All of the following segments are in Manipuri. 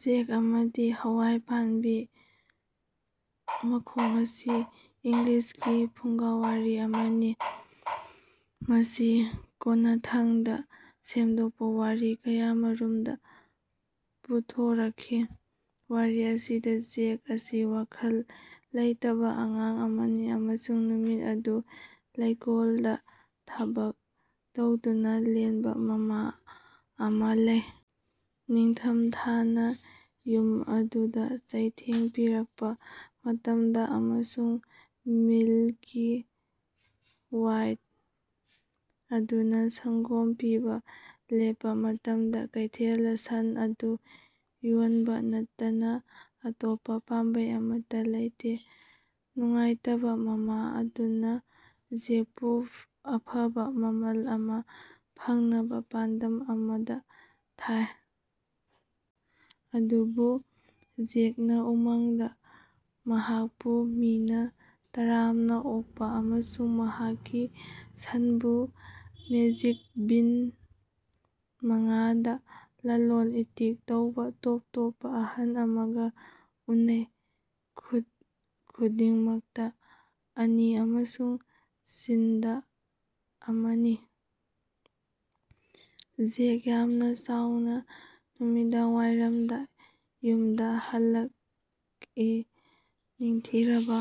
ꯖꯦꯛ ꯑꯃꯗꯤ ꯍꯋꯥꯢ ꯄꯥꯝꯕꯤ ꯃꯈꯣꯛ ꯑꯁꯤ ꯏꯪꯂꯤꯁꯀꯤ ꯐꯨꯡꯒꯥꯋꯥꯔꯤ ꯑꯃꯅꯤ꯫ ꯃꯁꯤ ꯀꯣꯟꯅꯊꯪꯗ ꯁꯦꯝꯗꯣꯛꯄ ꯋꯥꯔꯤ ꯀꯌꯥꯃꯔꯨꯝꯗ ꯄꯨꯊꯣꯔꯛꯈꯤ꯫ ꯋꯥꯔꯤ ꯑꯁꯤꯗ ꯖꯦꯛ ꯑꯁꯤ ꯋꯥꯈꯜ ꯂꯩꯇꯕ ꯑꯉꯥꯡ ꯑꯃꯅꯤ ꯑꯃꯁꯨꯡ ꯅꯨꯃꯤꯠ ꯑꯗꯨ ꯂꯩꯀꯣꯜꯗ ꯊꯕꯛ ꯇꯧꯗꯨꯅ ꯂꯦꯟꯕ ꯃꯃꯥ ꯑꯃ ꯂꯩ꯫ ꯅꯤꯡꯊꯝꯊꯥꯅ ꯌꯨꯝ ꯑꯗꯨꯗ ꯆꯩꯊꯦꯡ ꯄꯤꯔꯛꯄ ꯃꯇꯝꯗ ꯑꯃꯁꯨꯡ ꯃꯤꯜꯀꯤ-ꯋꯥꯏꯠ ꯑꯗꯨꯅ ꯁꯪꯒꯣꯝ ꯄꯤꯕ ꯂꯦꯞꯄ ꯃꯇꯝꯗ, ꯀꯩꯊꯦꯜꯗ ꯁꯟ ꯑꯗꯨ ꯌꯣꯟꯕ ꯅꯠꯇꯅ ꯑꯇꯣꯞꯄ ꯄꯥꯝꯕꯩ ꯑꯃꯠꯇ ꯂꯩꯇꯦ꯫ ꯅꯨꯡꯉꯥꯏꯇꯕ ꯃꯃꯥ ꯑꯗꯨꯅ ꯖꯦꯛꯄꯨ ꯑꯐꯕ ꯃꯃꯜ ꯑꯃ ꯐꯪꯅꯕ ꯄꯥꯟꯗꯝ ꯑꯃꯗ ꯊꯥꯏ꯫ ꯑꯗꯨꯕꯨ ꯖꯦꯛꯅ ꯎꯃꯪꯗ ꯃꯍꯥꯛꯄꯨ ꯃꯤꯅ ꯇꯔꯥꯝꯅ ꯑꯣꯛꯄ, ꯑꯃꯁꯨꯡ ꯃꯍꯥꯛꯀꯤ ꯁꯟꯕꯨ ꯃꯦꯖꯤꯛ ꯕꯤꯟ ꯃꯉꯥꯗ ꯂꯂꯣꯟ-ꯏꯇꯤꯛ ꯇꯧꯕ ꯇꯣꯞ ꯇꯣꯞꯄ ꯑꯍꯜ ꯑꯃꯒ ꯎꯅꯩ꯫ ꯈꯨꯠ ꯈꯨꯗꯤꯡꯃꯛꯇ ꯑꯅꯤ ꯑꯃꯁꯨꯡ ꯆꯤꯟꯗ ꯑꯃꯅꯤ꯫ ꯖꯦꯛ ꯌꯥꯝꯅ ꯆꯥꯎꯅ ꯅꯨꯃꯤꯗꯥꯡꯋꯥꯏꯔꯝꯗ ꯌꯨꯝꯗ ꯍꯜꯂꯛꯏ꯫ ꯅꯤꯡꯊꯤꯔꯕ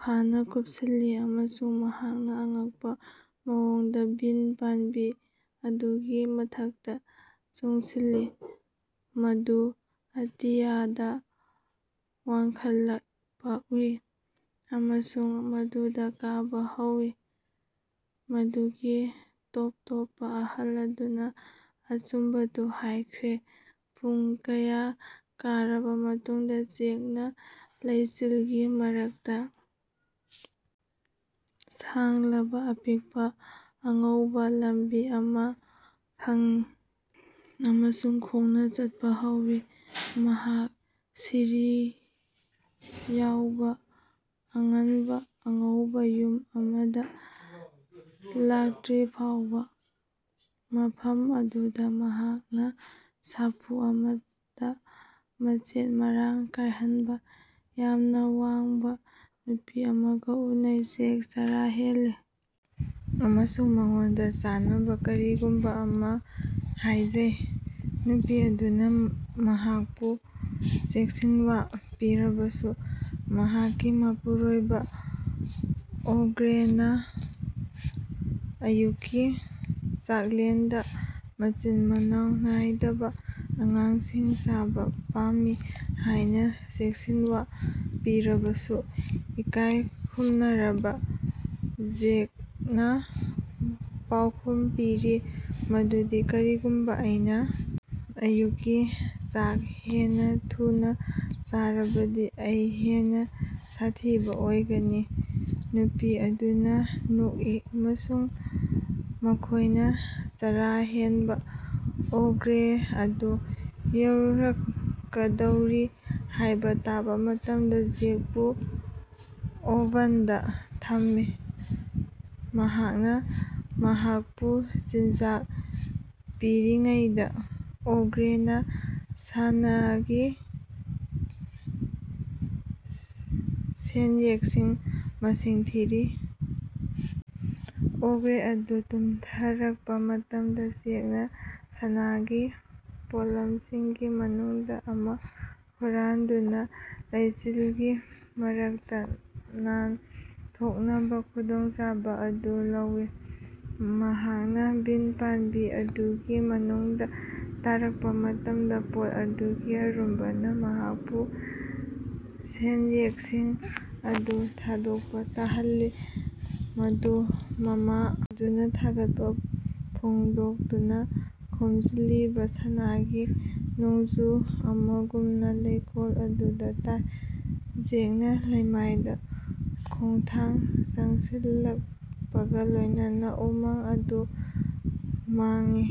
ꯐꯥꯅ ꯀꯨꯞꯁꯤꯜꯂꯤ, ꯑꯃꯁꯨꯡ ꯃꯍꯥꯛꯅ ꯑꯉꯛꯄ ꯃꯑꯣꯡꯗ ꯕꯤꯟ ꯄꯥꯝꯕꯤ ꯑꯗꯨꯒꯤ ꯃꯊꯛꯇ ꯆꯣꯡꯁꯤꯜꯂꯤ, ꯃꯗꯨ ꯑꯇꯤꯌꯥꯗ ꯋꯥꯡꯈꯠꯂꯛꯄ ꯎꯏ, ꯑꯃꯁꯨꯡ ꯃꯗꯨꯗ ꯀꯥꯕ ꯍꯧꯋꯤ꯫ ꯃꯗꯨꯒꯤ ꯇꯣꯞ ꯇꯣꯞꯄ ꯑꯍꯜ ꯑꯗꯨꯅ ꯑꯆꯨꯝꯕꯗꯨ ꯍꯥꯏꯈ꯭ꯔꯦ꯫ ꯄꯨꯡ ꯀꯌꯥ ꯀꯥꯔꯕ ꯃꯇꯨꯡꯗ, ꯖꯦꯛꯅ ꯂꯩꯆꯤꯜꯒꯤ ꯃꯔꯛꯇ ꯁꯥꯡꯂꯕ, ꯑꯄꯤꯛꯄ ꯑꯉꯧꯕ ꯂꯝꯕꯤ ꯑꯃ ꯐꯪꯏ ꯑꯃꯁꯨꯡ ꯈꯣꯡꯅ ꯆꯠꯄ ꯍꯧꯋꯤ, ꯃꯍꯥꯛ ꯁꯤꯔꯤ ꯌꯥꯎꯕ ꯑꯉꯥꯟꯕ ꯑꯉꯧꯕ ꯌꯨꯝ ꯑꯃꯗ ꯂꯥꯛꯇ꯭ꯔꯤꯐꯥꯎꯕ꯫ ꯃꯐꯝ ꯑꯗꯨꯗ ꯃꯍꯥꯛꯅ ꯆꯐꯨ ꯑꯃꯗ ꯃꯆꯦꯠ-ꯃꯔꯥꯡ ꯀꯥꯏꯍꯟꯕ ꯌꯥꯝꯅ ꯋꯥꯡꯕ ꯅꯨꯄꯤ ꯑꯃꯒ ꯎꯅꯩ꯫ ꯖꯦꯛ ꯆꯔꯥ ꯍꯦꯜꯂꯤ ꯑꯃꯁꯨꯡ ꯃꯉꯣꯟꯗ ꯆꯥꯅꯕ ꯀꯔꯤꯒꯨꯝꯕ ꯑꯃ ꯍꯥꯏꯖꯩ꯫ ꯅꯨꯄꯤ ꯑꯗꯨꯅ ꯃꯍꯥꯛꯄꯨ ꯆꯦꯛꯁꯤꯟꯋꯥ ꯄꯤꯔꯕꯁꯨ ꯃꯍꯥꯛꯀꯤ ꯃꯄꯨꯔꯣꯏꯕ ꯑꯣꯒ꯭ꯔꯦꯅ ꯑꯌꯨꯛꯀꯤ ꯆꯥꯛꯂꯦꯟꯗ ꯃꯆꯤꯟ ꯃꯅꯥꯎ ꯅꯥꯏꯗꯕ ꯑꯉꯥꯡꯁꯤꯡ ꯆꯥꯕ ꯄꯥꯝꯃꯤ ꯍꯥꯏꯅ ꯆꯦꯛꯁꯤꯟꯋꯥ ꯄꯤꯔꯕꯁꯨ, ꯏꯀꯥꯏ ꯈꯨꯝꯅꯔꯕ ꯖꯦꯛꯅ ꯄꯥꯎꯈꯨꯝ ꯄꯤꯔꯤ ꯃꯗꯨꯗꯤ ꯀꯔꯤꯒꯨꯝꯕ ꯑꯩꯅ ꯑꯌꯨꯛꯀꯤ ꯆꯥꯛ ꯍꯦꯟꯅ ꯊꯨꯅ ꯆꯥꯔꯕꯗꯤ ꯑꯩ ꯍꯦꯟꯅ ꯁꯥꯊꯤꯕ ꯑꯣꯏꯒꯅꯤ"꯫ꯅꯨꯄꯤ ꯑꯗꯨꯅ ꯅꯣꯛꯏ ꯑꯃꯁꯨꯡ ꯃꯈꯣꯏꯅ ꯆꯔꯥ ꯍꯦꯟꯕ ꯑꯣꯒ꯭ꯔꯦ ꯑꯗꯨ ꯌꯧꯔꯛꯀꯗꯧꯔꯤ ꯍꯥꯏꯕ ꯇꯥꯕ ꯃꯇꯝꯗ ꯖꯦꯛꯄꯨ ꯑꯣꯚꯟꯗ ꯊꯝꯃꯤ꯫ ꯃꯍꯥꯛꯅ ꯃꯍꯥꯛꯄꯨ ꯆꯤꯟꯖꯥꯛ ꯄꯤꯔꯤꯉꯩꯗ, ꯑꯣꯒ꯭ꯔꯦꯅ ꯁꯅꯥꯒꯤ ꯁꯦꯟꯌꯦꯛꯁꯤꯡ ꯃꯁꯤꯡ ꯊꯤꯔꯤ꯫ ꯑꯣꯒ꯭ꯔꯦ ꯑꯗꯨ ꯇꯨꯝꯊꯔꯛꯄ ꯃꯇꯝꯗ, ꯖꯦꯛꯅ ꯁꯅꯥꯒꯤ ꯄꯣꯠꯂꯝꯁꯤꯡꯒꯤ ꯃꯅꯨꯡꯗ ꯑꯃ ꯍꯨꯔꯥꯟꯗꯨꯅ ꯂꯩꯆꯤꯜꯒꯤ ꯃꯔꯛꯇ ꯅꯥꯟꯊꯣꯛꯅꯕ ꯈꯨꯗꯣꯡꯆꯥꯕ ꯑꯗꯨ ꯂꯧꯋꯤ꯫ ꯃꯍꯥꯛꯅ ꯕꯤꯟ ꯄꯥꯝꯕꯤ ꯑꯗꯨꯒꯤ ꯃꯅꯨꯡꯗ ꯇꯥꯔꯛꯄ ꯃꯇꯝꯗ, ꯄꯣꯠ ꯑꯗꯨꯒꯤ ꯑꯔꯨꯝꯕꯅ ꯃꯍꯥꯛꯄꯨ ꯁꯦꯟꯌꯦꯛꯁꯤꯡ ꯑꯗꯨ ꯊꯥꯗꯣꯛꯄ ꯇꯥꯍꯜꯂꯤ, ꯃꯗꯨ ꯃꯃꯥ ꯑꯗꯨꯅ ꯊꯥꯒꯠꯄ ꯐꯣꯡꯗꯣꯛꯇꯨꯅ ꯈꯣꯝꯖꯤꯜꯂꯤꯕ ꯁꯅꯥꯒꯤ ꯅꯣꯡꯖꯨ ꯑꯃꯒꯨꯝꯅ ꯂꯩꯀꯣꯜ ꯑꯗꯨꯗ ꯇꯥꯏ꯫ ꯖꯦꯛꯅ ꯂꯩꯃꯥꯏꯗ ꯈꯣꯡꯊꯥꯡ ꯆꯪꯁꯤꯜꯂꯛꯄꯒ ꯂꯣꯏꯅꯅ ꯎꯃꯪ ꯑꯗꯨ ꯃꯥꯡꯏ꯫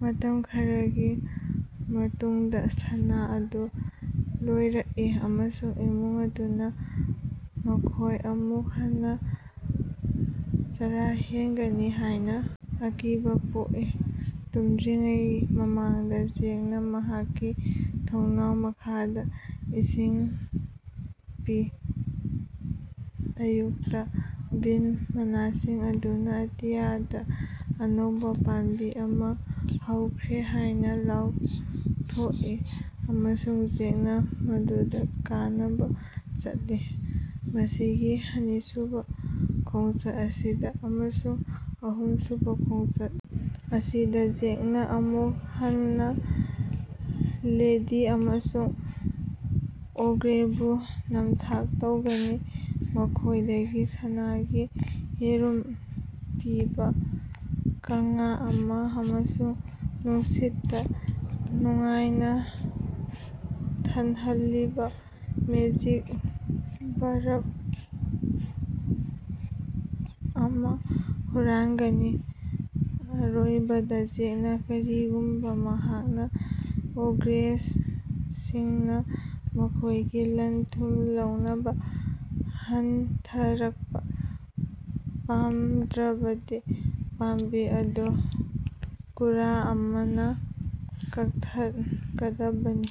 ꯃꯇꯝ ꯈꯔꯒꯤ ꯃꯇꯨꯡꯗ, ꯁꯅꯥ ꯑꯗꯨ ꯂꯣꯏꯔꯛꯏ ꯑꯃꯁꯨꯡ ꯏꯃꯨꯡ ꯑꯗꯨꯅ ꯃꯈꯣꯏ ꯑꯃꯨꯛ ꯍꯟꯅ ꯆꯔꯥ ꯍꯦꯟꯒꯅꯤ ꯍꯥꯏꯅ ꯑꯀꯤꯕ ꯄꯣꯛꯏ꯫ ꯇꯨꯝꯗ꯭ꯔꯤꯉꯩ ꯃꯃꯥꯡꯗ ꯖꯦꯛꯅ ꯃꯍꯥꯛꯀꯤ ꯊꯣꯡꯅꯥꯎ ꯃꯈꯥꯗ ꯏꯁꯤꯡ ꯄꯤ꯫ ꯑꯌꯨꯛꯇ ꯕꯤꯟ ꯃꯅꯥꯁꯤꯡ ꯑꯗꯨꯅ ꯑꯇꯤꯌꯥꯗ ꯑꯅꯧꯕ ꯄꯥꯝꯕꯤ ꯑꯃ ꯍꯧꯈ꯭ꯔꯦ ꯍꯥꯏꯅ ꯂꯥꯎꯊꯣꯛꯏ, ꯑꯃꯁꯨꯡ ꯖꯦꯛꯅ ꯃꯗꯨꯗ ꯀꯥꯅꯕ ꯆꯠꯂꯤ꯫ ꯃꯁꯤꯒꯤ ꯑꯅꯤꯁꯨꯕ ꯈꯣꯡꯆꯠ ꯑꯁꯤꯗ, ꯑꯃꯁꯨꯡ ꯑꯍꯨꯝꯁꯨꯕ ꯈꯣꯡꯆꯠ ꯑꯁꯤꯗ, ꯖꯦꯛꯅ ꯑꯃꯨꯛ ꯍꯟꯅ ꯂꯦꯗꯤ ꯑꯃꯁꯨꯡ ꯑꯣꯒ꯭ꯔꯦꯕꯨ ꯅꯝꯊꯥꯛ ꯇꯧꯒꯅꯤ, ꯃꯈꯣꯏꯗꯒꯤ ꯁꯅꯥꯒꯤ ꯌꯦꯔꯨꯝ ꯄꯤꯕ ꯀꯥꯡꯉꯥ ꯑꯃ ꯑꯃꯁꯨꯡ ꯅꯨꯡꯁꯤꯠꯇ ꯅꯨꯡꯉꯥꯏꯅ ꯊꯜꯍꯜꯂꯤꯕ ꯃꯦꯖꯤꯛ ꯚꯥꯔꯞ ꯑꯃ ꯍꯨꯔꯥꯟꯒꯅꯤ꯫ ꯑꯔꯣꯏꯕꯗ, ꯖꯦꯛꯅ ꯀꯔꯤꯒꯨꯝꯕ ꯃꯍꯥꯛꯅ ꯑꯣꯒ꯭ꯔꯦꯁꯁꯤꯡꯅ ꯃꯈꯣꯏꯒꯤ ꯂꯟ-ꯊꯨꯝ ꯂꯧꯅꯕ ꯍꯟꯊꯔꯛꯄ ꯄꯥꯝꯗ꯭ꯔꯕꯗꯤ ꯄꯥꯝꯕꯤ ꯑꯗꯨ ꯀꯨꯔꯥ ꯑꯃꯅ ꯀꯛꯊꯠꯀꯗꯕꯅꯤ꯫"